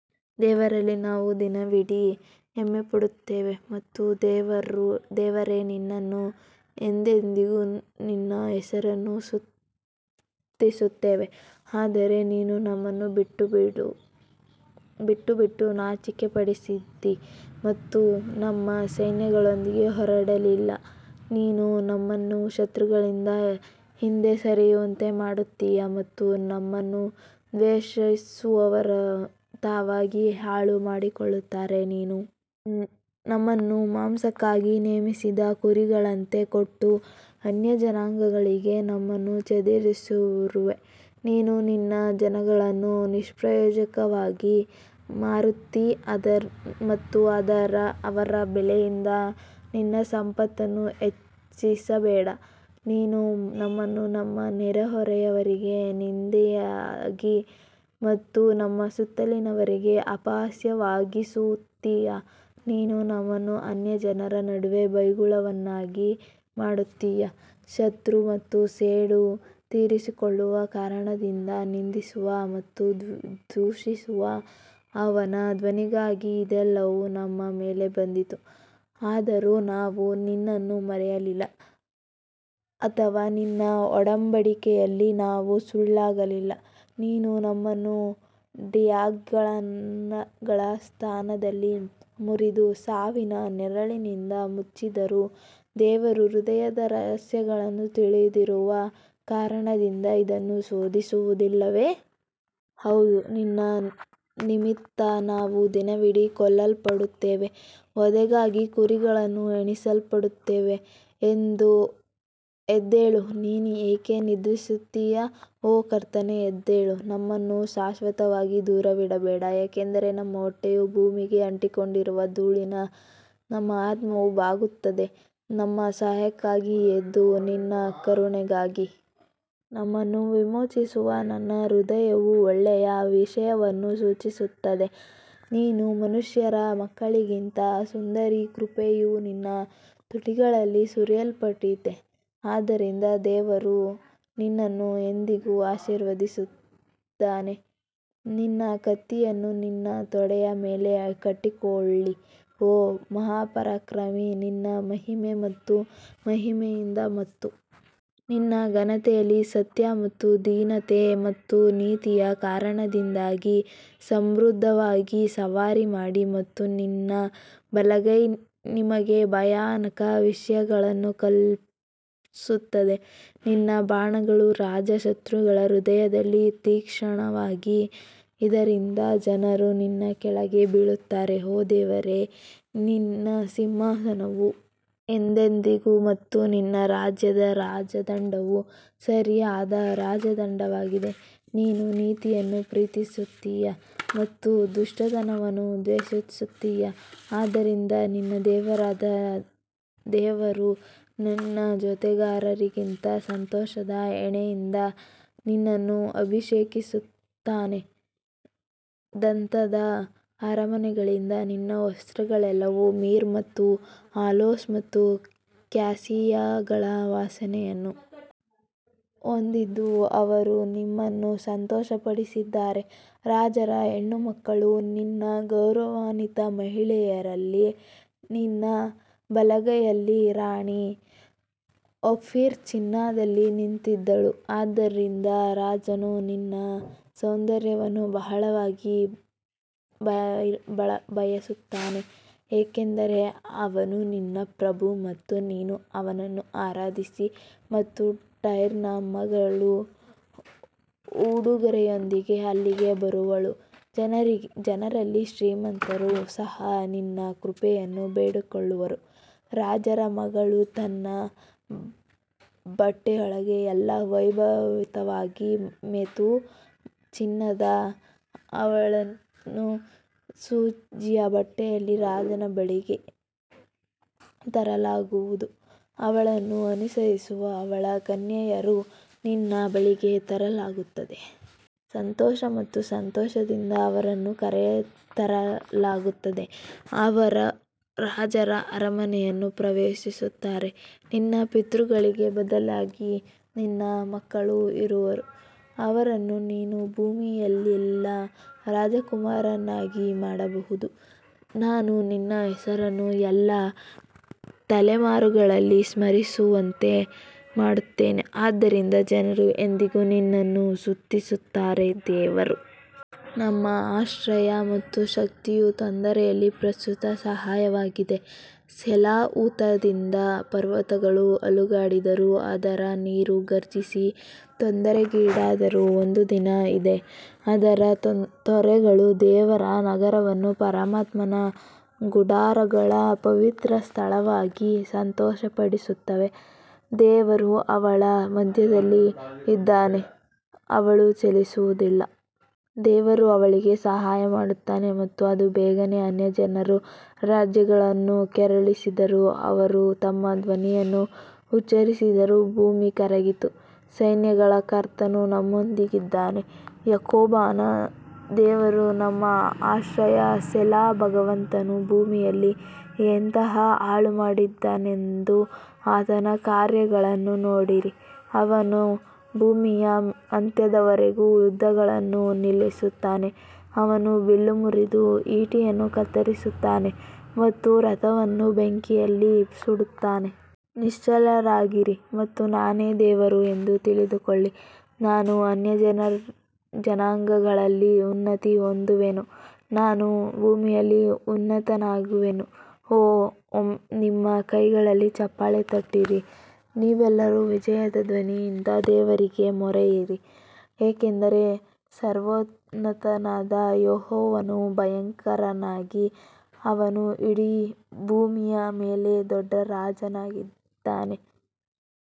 ದೇವರಲ್ಲಿ ನಾವು ದಿನವಿಡೀ ಹೆಮ್ಮೆಪಡುತ್ತೇವೆ ಮತ್ತು ದೇವರೇ ನಿನ್ನನ್ನು ಎಂದೆಂದಿಗೂ ನಿನ್ನ ಹೆಸರನ್ನು ಸ್ತುತಿಸುತ್ತೇವೆ ಆದರೆ ನೀನು ನಮ್ಮನ್ನು ಬಿಟ್ಟುಬಿಟ್ಟು ನಾಚಿಕೆಪಡಿಸಿದ್ದೀ ಮತ್ತು ನಮ್ಮ ಸೈನ್ಯಗಳೊಂದಿಗೆ ಹೊರಡಲಿಲ್ಲ ನೀನು ನಮ್ಮನ್ನು ಶತ್ರುಗಳಿಂದ ಹಿಂದೆ ಸರಿಯುವಂತೆ ಮಾಡುತ್ತೀಯ ಮತ್ತು ನಮ್ಮನ್ನು ದ್ವೇಷಿಸುವವರು ತಾವಾಗಿಯೇ ಹಾಳು ಮಾಡಿಕೊಳ್ಳುತ್ತಾರೆ ನೀನು ನಮ್ಮನ್ನು ಮಾಂಸಕ್ಕಾಗಿ ನೇಮಿಸಿದ ಕುರಿಗಳಂತೆ ಕೊಟ್ಟು ಅನ್ಯಜನಾಂಗಗಳಲ್ಲಿ ನಮ್ಮನ್ನು ಚದುರಿಸಿರುವೆ ನೀನು ನಿನ್ನ ಜನರನ್ನು ನಿಷ್ಪ್ರಯೋಜಕವಾಗಿ ಮಾರುತ್ತೀ ಮತ್ತು ಅವರ ಬೆಲೆಯಿಂದ ನಿನ್ನ ಸಂಪತ್ತನ್ನು ಹೆಚ್ಚಿಸಬೇಡ ನೀನು ನಮ್ಮನ್ನು ನಮ್ಮ ನೆರೆಹೊರೆಯವರಿಗೆ ನಿಂದೆಯಾಗಿ ಮತ್ತು ನಮ್ಮ ಸುತ್ತಲಿನವರಿಗೆ ಅಪಹಾಸ್ಯವಾಗಿಸುತ್ತೀಯಾ ನೀನು ನಮ್ಮನ್ನು ಅನ್ಯಜನರ ನಡುವೆ ಬೈಗುಳವನ್ನಾಗಿ ಮಾಡುತ್ತೀಯಾ ಶತ್ರು ಮತ್ತು ಸೇಡು ತೀರಿಸಿಕೊಳ್ಳುವ ಕಾರಣದಿಂದ ನಿಂದಿಸುವ ಮತ್ತು ದೂಷಿಸುವ ಅವನ ಧ್ವನಿಗಾಗಿ ಇದೆಲ್ಲವೂ ನಮ್ಮ ಮೇಲೆ ಬಂದಿತು, ಆದರೂ ನಾವು ನಿನ್ನನ್ನು ಮರೆಯಲಿಲ್ಲ ಅಥವಾ ನಿನ್ನ ಒಡಂಬಡಿಕೆಯಲ್ಲಿ ನಾವು ಸುಳ್ಳಾಗಲಿಲ್ಲ ನೀನು ನಮ್ಮನ್ನು ಡ್ರ್ಯಾಗನ್ಗಳ ಸ್ಥಾನದಲ್ಲಿ ಮುರಿದು ಸಾವಿನ ನೆರಳಿನಿಂದ ಮುಚ್ಚಿದ್ದರೂ ದೇವರು ಹೃದಯದ ರಹಸ್ಯಗಳನ್ನು ತಿಳಿದಿರುವ ಕಾರಣದಿಂದ ಇದನ್ನು ಶೋಧಿಸುವುದಿಲ್ಲವೇ? ಹೌದು ನಿನ್ನ ನಿಮಿತ್ತ ನಾವು ದಿನವಿಡೀ ಕೊಲ್ಲಲ್ಪಡುತ್ತೇವೆ, ವಧೆಗಾಗಿ ಕುರಿಗಳಂತೆ ಎಣಿಸಲ್ಪಡುತ್ತೇವೆ ಎದ್ದೇಳು ನೀನು ಏಕೆ ನಿದ್ರಿಸುತ್ತೀಯ ಓ ಕರ್ತನೇ ಎದ್ದೇಳು ನಮ್ಮನ್ನು ಶಾಶ್ವತವಾಗಿ ದೂರವಿಡಬೇಡ ಯಾಕಂದರೆ ನಮ್ಮ ಹೊಟ್ಟೆಯು ಭೂಮಿಗೆ ಅಂಟಿಕೊಂಡಿರುವ ಧೂಳಿಗೆ ನಮ್ಮ ಆತ್ಮವು ಬಾಗುತ್ತದೆ ನಮ್ಮ ಸಹಾಯಕ್ಕಾಗಿ ಎದ್ದು ನಿನ್ನ ಕರುಣೆಗಾಗಿ ನಮ್ಮನ್ನು ವಿಮೋಚಿಸು ನನ್ನ ಹೃದಯವು ಒಳ್ಳೆಯ ವಿಷಯವನ್ನು ಸೂಚಿಸುತ್ತದೆ ನೀನು ಮನುಷ್ಯರ ಮಕ್ಕಳಿಗಿಂತ ಸುಂದರಿ ಕೃಪೆಯು ನಿನ್ನ ತುಟಿಗಳಲ್ಲಿ ಸುರಿಯಲ್ಪಟ್ಟಿದೆ ಆದ್ದರಿಂದ ದೇವರು ನಿನ್ನನ್ನು ಎಂದೆಂದಿಗೂ ಆಶೀರ್ವದಿಸಿದ್ದಾನೆ ನಿನ್ನ ಕತ್ತಿಯನ್ನು ನಿನ್ನ ತೊಡೆಯ ಮೇಲೆ ಕಟ್ಟಿಕೊಳ್ಳಿ ಓ ಮಹಾಪರಾಕ್ರಮಿ ನಿನ್ನ ಮಹಿಮೆ ಮತ್ತು ಮಹಿಮೆಯಿಂದ ಮತ್ತು ನಿನ್ನ ಘನತೆಯಲ್ಲಿ ಸತ್ಯ ಮತ್ತು ದೀನತೆ ಮತ್ತು ನೀತಿಯ ಕಾರಣದಿಂದಾಗಿ ಸಮೃದ್ಧವಾಗಿ ಸವಾರಿ ಮಾಡಿ ಮತ್ತು ನಿನ್ನ ಬಲಗೈ ನಿಮಗೆ ಭಯಾನಕ ವಿಷಯಗಳನ್ನು ಕಲಿಸುತ್ತದೆ ನಿನ್ನ ಬಾಣಗಳು ರಾಜ ಶತ್ರುಗಳ ಹೃದಯದಲ್ಲಿ ತೀಕ್ಷ್ಣವಾಗಿವೆ, ಇದರಿಂದ ಜನರು ನಿನ್ನ ಕೆಳಗೆ ಬೀಳುತ್ತಾರೆ ಓ ದೇವರೇ ನಿನ್ನ ಸಿಂಹಾಸನವು ಎಂದೆಂದಿಗೂ ಮತ್ತು ನಿನ್ನ ರಾಜ್ಯದ ರಾಜದಂಡವು ಸರಿಯಾದ ರಾಜದಂಡವಾಗಿದೆ ನೀನು ನೀತಿಯನ್ನು ಪ್ರೀತಿಸುತ್ತೀಯ ಮತ್ತು ದುಷ್ಟತನವನ್ನು ದ್ವೇಷಿಸುತ್ತೀಯಾ ಆದ್ದರಿಂದ ನಿನ್ನ ದೇವರಾದ ದೇವರು ನಿನ್ನ ಜೊತೆಗಾರರಿಗಿಂತ ಸಂತೋಷದ ಎಣ್ಣೆಯಿಂದ ನಿನ್ನನ್ನು ಅಭಿಷೇಕಿಸಿದ್ದಾನೆ ದಂತದ ಅರಮನೆಗಳಿಂದ ನಿನ್ನ ವಸ್ತ್ರಗಳೆಲ್ಲವೂ ಮಿರ್ ಮತ್ತು ಅಲೋಸ್ ಮತ್ತು ಕ್ಯಾಸಿಯಾಗಳ ವಾಸನೆಯನ್ನು ಹೊಂದಿದ್ದು, ಅವರು ನಿಮ್ಮನ್ನು ಸಂತೋಷಪಡಿಸಿದ್ದಾರೆ ರಾಜರ ಹೆಣ್ಣುಮಕ್ಕಳು ನಿನ್ನ ಗೌರವಾನ್ವಿತ ಮಹಿಳೆಯರಲ್ಲಿ ನಿನ್ನ ಬಲಗೈಯಲ್ಲಿ ರಾಣಿ ಓಫೀರ್ ಚಿನ್ನದಲ್ಲಿ ನಿಂತಿದ್ದಳು ಆದ್ದರಿಂದ ರಾಜನು ನಿನ್ನ ಸೌಂದರ್ಯವನ್ನು ಬಹಳವಾಗಿ ಬಯಸುತ್ತಾನೆ ಏಕೆಂದರೆ ಅವನು ನಿನ್ನ ಪ್ರಭು ಮತ್ತು ನೀನು ಅವನನ್ನು ಆರಾಧಿಸಿ ಮತ್ತು ಟೈರ್ನ ಮಗಳು ಉಡುಗೊರೆಯೊಂದಿಗೆ ಅಲ್ಲಿಗೆ ಬರುವಳು, ಜನರಲ್ಲಿ ಶ್ರೀಮಂತರು ಸಹ ನಿನ್ನ ಕೃಪೆಯನ್ನು ಬೇಡಿಕೊಳ್ಳುವರು ರಾಜರ ಮಗಳು ತನ್ನ ಬಟ್ಟೆಯೊಳಗೆ ಎಲ್ಲಾ ವೈಭವಯುತವಾಗಿದೆ ಮೆತು ಚಿನ್ನದ ಅವಳನ್ನು ಸೂಜಿಯ ಬಟ್ಟೆಯಲ್ಲಿ ರಾಜನ ಬಳಿಗೆ ತರಲಾಗುವುದು, ಅವಳನ್ನು ಅನುಸರಿಸುವ ಅವಳ ಕನ್ಯೆಯರನ್ನು ನಿನ್ನ ಬಳಿಗೆ ತರಲಾಗುತ್ತದೆ. ಸಂತೋಷ ಮತ್ತು ಸಂತೋಷದಿಂದ ಅವರನ್ನು ಕರೆತರಲಾಗುತ್ತದೆ, ಅವರು ರಾಜರ ಅರಮನೆಯನ್ನು ಪ್ರವೇಶಿಸುತ್ತಾರೆ ನಿನ್ನ ಪಿತೃಗಳಿಗೆ ಬದಲಾಗಿ ನಿನ್ನ ಮಕ್ಕಳು ಇರುವರು, ಅವರನ್ನು ನೀವು ಭೂಮಿಯಲ್ಲೆಲ್ಲಾ ರಾಜಕುಮಾರರನ್ನಾಗಿ ಮಾಡಬಹುದು ನಾನು ನಿನ್ನ ಹೆಸರನ್ನು ಎಲ್ಲಾ ತಲೆಮಾರುಗಳಲ್ಲಿ ಸ್ಮರಿಸುವಂತೆ ಮಾಡುತ್ತೇನೆ ಆದ್ದರಿಂದ ಜನರು ಎಂದೆಂದಿಗೂ ನಿನ್ನನ್ನು ಸ್ತುತಿಸುತ್ತಾರೆ ದೇವರು ನಮ್ಮ ಆಶ್ರಯ ಮತ್ತು ಶಕ್ತಿಯು ತೊಂದರೆಯಲ್ಲಿ ಪ್ರಸ್ತುತ ಸಹಾಯವಾಗಿದೆ ಸೆಲಾ ಊತದಿಂದ ಪರ್ವತಗಳು ಅಲುಗಾಡಿದರೂ ಅದರ ನೀರು ಘರ್ಜಿಸಿ ತೊಂದರೆಗೀಡಾಗಿದ್ದರೂ ಒಂದು ನದಿ ಇದೆ, ಅದರ ತೊರೆಗಳು ದೇವರ ನಗರವನ್ನು ಪರಮಾತ್ಮನ ಗುಡಾರಗಳ ಪವಿತ್ರ ಸ್ಥಳವಾಗಿ ಸಂತೋಷಪಡಿಸುತ್ತವೆ ದೇವರು ಅವಳ ಮಧ್ಯದಲ್ಲಿ ಇದ್ದಾನೆ, ಅವಳು ಚಲಿಸುವುದಿಲ್ಲ, ದೇವರು ಅವಳಿಗೆ ಸಹಾಯ ಮಾಡುತ್ತಾನೆ ಮತ್ತು ಅದು ಬೇಗನೆ ಅನ್ಯಜನರು ರಾಜ್ಯಗಳನ್ನು ಕೆರಳಿಸಿದರು, ಅವರು ತಮ್ಮ ಧ್ವನಿಯನ್ನು ಉಚ್ಚರಿಸಿದರು ಭೂಮಿ ಕರಗಿತು ಸೈನ್ಯಗಳ ಕರ್ತನು ನಮ್ಮೊಂದಿಗಿದ್ದಾನೆ, ಯಾಕೋಬನ ದೇವರು ನಮ್ಮ ಆಶ್ರಯ ಸೆಲಾ ಭಗವಂತನು ಭೂಮಿಯಲ್ಲಿ ಎಂತಹ ಹಾಳುಮಾಡಿದ್ದಾನೆಂದು ಆತನ ಕಾರ್ಯಗಳನ್ನು ನೋಡಿರಿ ಅವನು ಭೂಮಿಯ ಅಂತ್ಯದವರೆಗೂ ಯುದ್ಧಗಳನ್ನು ನಿಲ್ಲಿಸುತ್ತಾನೆ, ಅವನು ಬಿಲ್ಲು ಮುರಿದು, ಈಟಿಯನ್ನು ಕತ್ತರಿಸುತ್ತಾನೆ ಮತ್ತು ರಥವನ್ನು ಬೆಂಕಿಯಲ್ಲಿ ಸುಡುತ್ತಾನೆ. ನಿಶ್ಚಲರಾಗಿರಿ ಮತ್ತು ನಾನೇ ದೇವರು ಎಂದು ತಿಳಿದುಕೊಳ್ಳಿ ನಾನು ಅನ್ಯಜನಾಂಗಗಳಲ್ಲಿ ಉನ್ನತಿ ಹೊಂದುವೆನು ನಾನು ಭೂಮಿಯಲ್ಲಿ ಉನ್ನತನಾಗುವೆನು ಓ ನಿಮ್ಮ ಕೈಗಳನ್ನು ಚಪ್ಪಾಳೆ ತಟ್ಟಿರಿ, ನೀವೆಲ್ಲರೂ ವಿಜಯದ ಧ್ವನಿಯಿಂದ ದೇವರಿಗೆ ಮೊರೆಯಿರಿ ಯಾಕಂದರೆ ಸರ್ವೋನ್ನತನಾದ ಯೆಹೋವನು ಭಯಂಕರನಾಗಿದ್ದಾನೆ, ಅವನು ಇಡೀ ಭೂಮಿಯ ಮೇಲೆ ದೊಡ್ಡ ರಾಜನಾಗಿದ್ದಾನೆ.